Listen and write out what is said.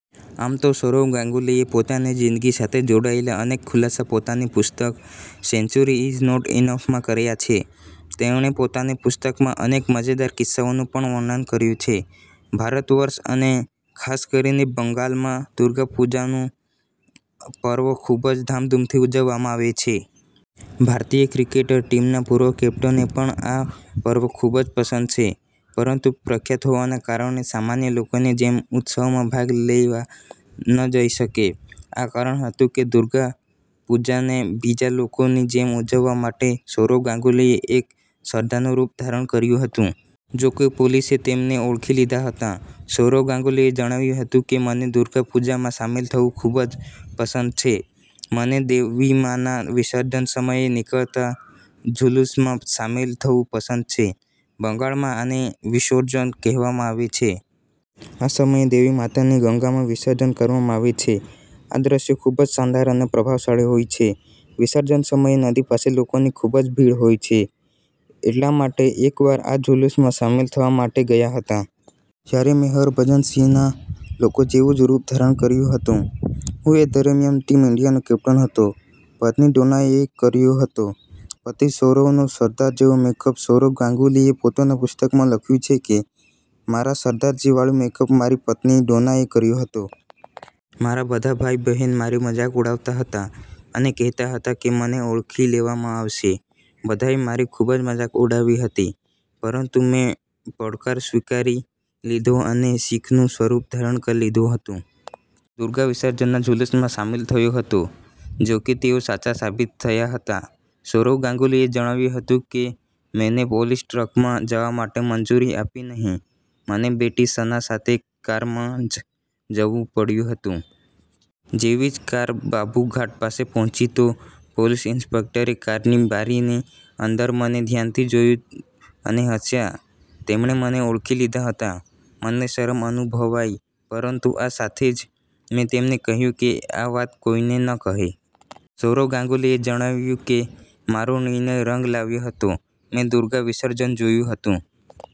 આમ તો સૌરવ ગાંગુલીએ પોતાની જિંદગી સાથે જોડાયેલા અનેક ખુલાસા પોતાની પુસ્તક a century is not enough માં કર્યા છે. તેમણે પોતાની પુસ્તકમાં અનેક મજેદાર કિસ્સાઓનું પણ વર્ણન કર્યું છે. ભારતવર્ષ અને ખાસકરીને બંગાલમાં દુર્ગા પુજાનું પર્વ ખુબજ ધામધૂમથી ઉજવવામાં આવે છે. ભારતીય ક્રિકેટર ટીમના પૂર્વ કેપ્ટનને પણ આ પર્વ ખુબ જ પસંદ છે. પરંતુ પ્રખ્યાત હોવાના કારણે સામાન્ય લોકોની જેમ ઉત્સવમાં ભાગ લેવા ન જઈ શકે. આ જ કારણ હતું કે દુર્ગા પૂજાને બીજા લોકોની જેમ ઉજવવા માટે સૌરવ ગાંગુલીએ એકવાર સરદારનું રૂપ ધારણ કર્યું હતું. જોકે, પોલીસે તેમને ઓળખી લીધા હતા. સૌરવ ગાંગુલીએ જણાવ્યું હતું કે મને દુર્ગા પૂજામાં સામેલ થવું ખુબ જ પસંદ છે. મને દેવીમાના વિસર્જન સમયે નીકળતા ઝુલૂસમાં સામેલ થવું પસંદ છે. બંગાળમાં આને વિશર્જોન કહેવામાં આવે છે. આ સમયે દેવી માતાને ગંગામાં વિષર્જન કરવામાં આવે છે. આ દ્રશ્ય ખુબ જ શાનદાર અને પ્રભાવશાળી હોય છે. વિસર્જન સમયે નદી પાસે લોકોની ખુબ જ ભીડ હોય છે. એટલા માટે એકવાર આ ઝુલૂસમાં સામેલ થવા માટે ગયા હતા. ત્યારે મે હરભજન સિંહના લોકો જેવું જ રૂપ ધારણ કર્યું હતું. હું એ દરમિયાન ટીમ ઇન્ડિયાનો કેપ્ટન હતો. પત્ની ડોનાએ કર્યો હતો પતિ સૌરવનો સરદાર જેવો મેકઅપ સૌરવ ગાંગુલીએ પોતાના પુસ્તકમાં લખ્યું છે કે મારા સરદારજી વાળો મેકઅપ મારી પત્ની ડોનાએ કર્યો હતો. મારા બધા ભાઈ બહેન મારી મજાક ઉડાવતા હતા અને કહેતા હતા કે મને ઓળખી લેવામાં આવશે. બધાએ મારી ખુબ જ મજાક ઉડાવી હતી. પરંતુ મેં પડકાર સ્વીકારી લીધો અને શિખનું સ્વરૂપ ધારણ કરી લીધું હતું. દુર્ગા વિસર્જનના ઝુલૂસમાં સામેલ થયો હતો. જોકે તેઓ સાચા સાબિત થયા હતા. સૌરવ ગાંગુલીએ જણાવ્યું હતું કે મેને પોલીસે ટ્રકમાં જવા માટે મંજૂરી આપી નહીં. મને બેટી સના સાથે કારમાં જ જવું પડ્યું હતું. જેવી જ કાર બાબૂઘાટ પાસે પહોંચી તો પોલીસ ઇન્સ્પેક્ટરે કારની બારીની અંદર મને ધ્યાનથી જોયું અને હસ્યા તેમણે મને ઓળખી લીધા હતા. મને શરમ અનુભવાઈ પરંતુ આ સાથે જ મે તેમને કહ્યું કે આ વાત કોઈને ન કહે. સૌરવ ગાંગુલીએ જણાવ્યું કે મારો નિર્ણય રંગ લાવ્યો હતો. મેં દુર્ગા વિસર્જન જોયું હતું.